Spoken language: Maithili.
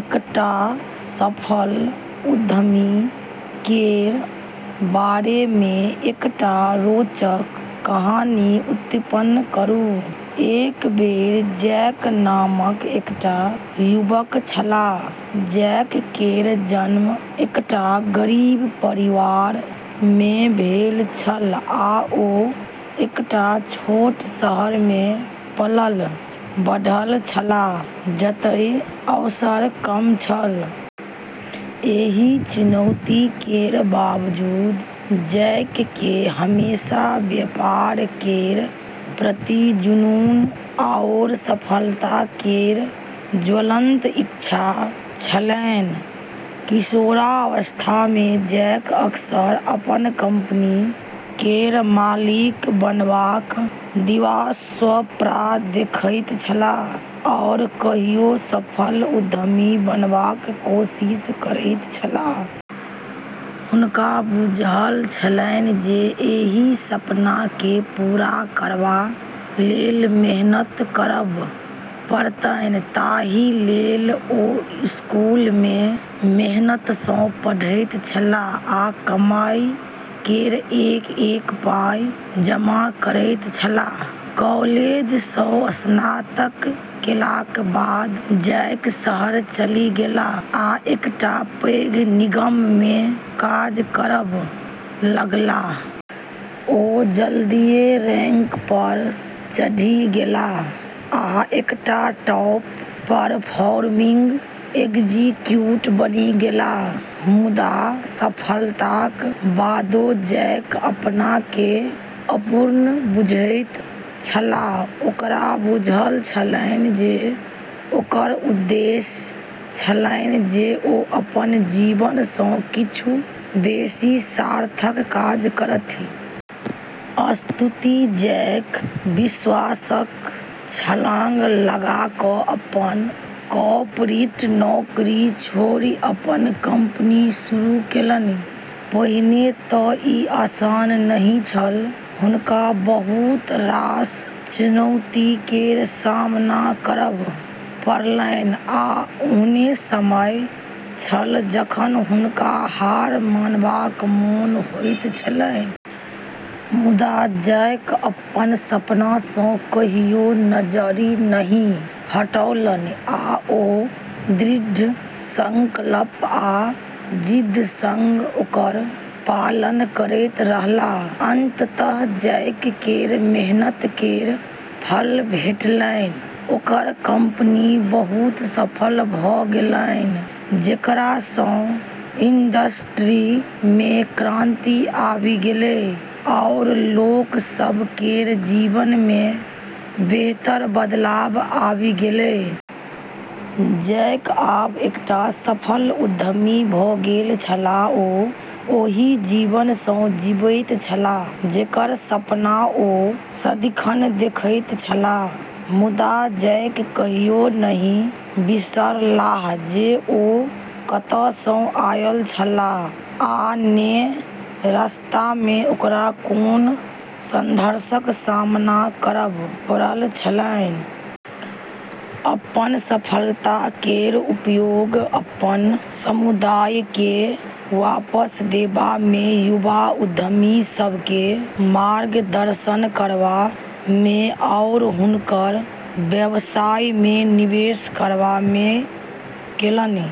एकटा सफल उद्यमी केर बारे मे एकटा रोचक कहानी उत्पन्न करू। एक बेर जैक नामक एकटा युवक छलाह। जैक केर जन्म एकटा गरीब परिवार मे भेल छल आ ओ एकटा छोट शहर मे पलल-बढ़ल छलाह जतय अवसर कम छल। एहि चुनौती केर बावजूद जैक केँ हमेशा व्यापार केर प्रति जुनून आओर सफलता केर ज्वलंत इच्छा छलैन। किशोरावस्था मे जैक अक्सर अपन कंपनी केर मालिक बनबाक दिवास्वप्न देखैत छलाह आओर कहियो सफल उद्यमी बनबाक कोशिश करैत छलाह। हुनका बुझल छलैन जे एहि सपना केँ पूरा करबा लेल मेहनत करब पड़तैन, ताहि लेल ओ स्कूल मे मेहनत सँ पढ़ैत छलाह आ कमाई केर एक-एक पाइ जमा करैत छलाह। कॉलेज सँ स्नातक केलाक बाद जैक शहर चलि गेलाह आ एकटा पैघ निगम मे काज करब लागलाह। ओ जल्दीए रैंक पर चढ़ि गेलाह आ एकटा टॉप परफॉर्मिंग एग्जीक्यूटिव बनि गेलाह। मुदा, सफलताक बादो जैक अपना केँ अपूर्ण बुझैत छलाह। ओकरा बुझल छलैन जे ओकर उद्देश्य छलैन जे ओ अपन जीवन सँ किछु बेसी सार्थक काज करथि। अस्तु, जैक विश्वासक छलांग लगा कऽ अपन कॉर्पोरेट नौकरी छोड़ि अपन कंपनी शुरू केलनि। पहिने तँ ई आसान नहि छल, हुनका बहुत रास चुनौती केर सामना करब पड़लैन, आ एहनो समय छल जखन हुनका हार मानबाक मोन होइत छलैन। मुदा जैक अपन सपना सँ कहियो नजरि नहि हटौलनि, आ ओ दृढ़ संकल्प आ जिद्दक संग ओकर पालन करैत रहलाह। अंततः जैक केर मेहनत केर फल भेटलैन, ओकर कंपनी बहुत सफल भऽ गेलैन, जेकरा सँ इंडस्ट्री मे क्रांति आबि गेलै आओर लोक सभ केर जीवन मे बेहतर बदलाव आबि गेलै। जैक आब एकटा सफल उद्यमी भऽ गेल छलाह, ओ ओहि जीवन केँ जीबैत छलाह जेकर सपना ओ सदिखन देखैत छलाह। मुदा जैक कहियो नहि बिसरलाह जे ओ कतय सँ आयल छलाह आ ने रस्ता मे ओकरा कोन संघर्षक सामना करब पड़ल छलैन। अपन सफलता केर उपयोग अपन समुदाय केँ वापस देबा मे, युवा उद्यमी सभ केँ मार्गदर्शन करबा मे आओर हुनकर व्यवसाय मे निवेश करबा मे केलनि।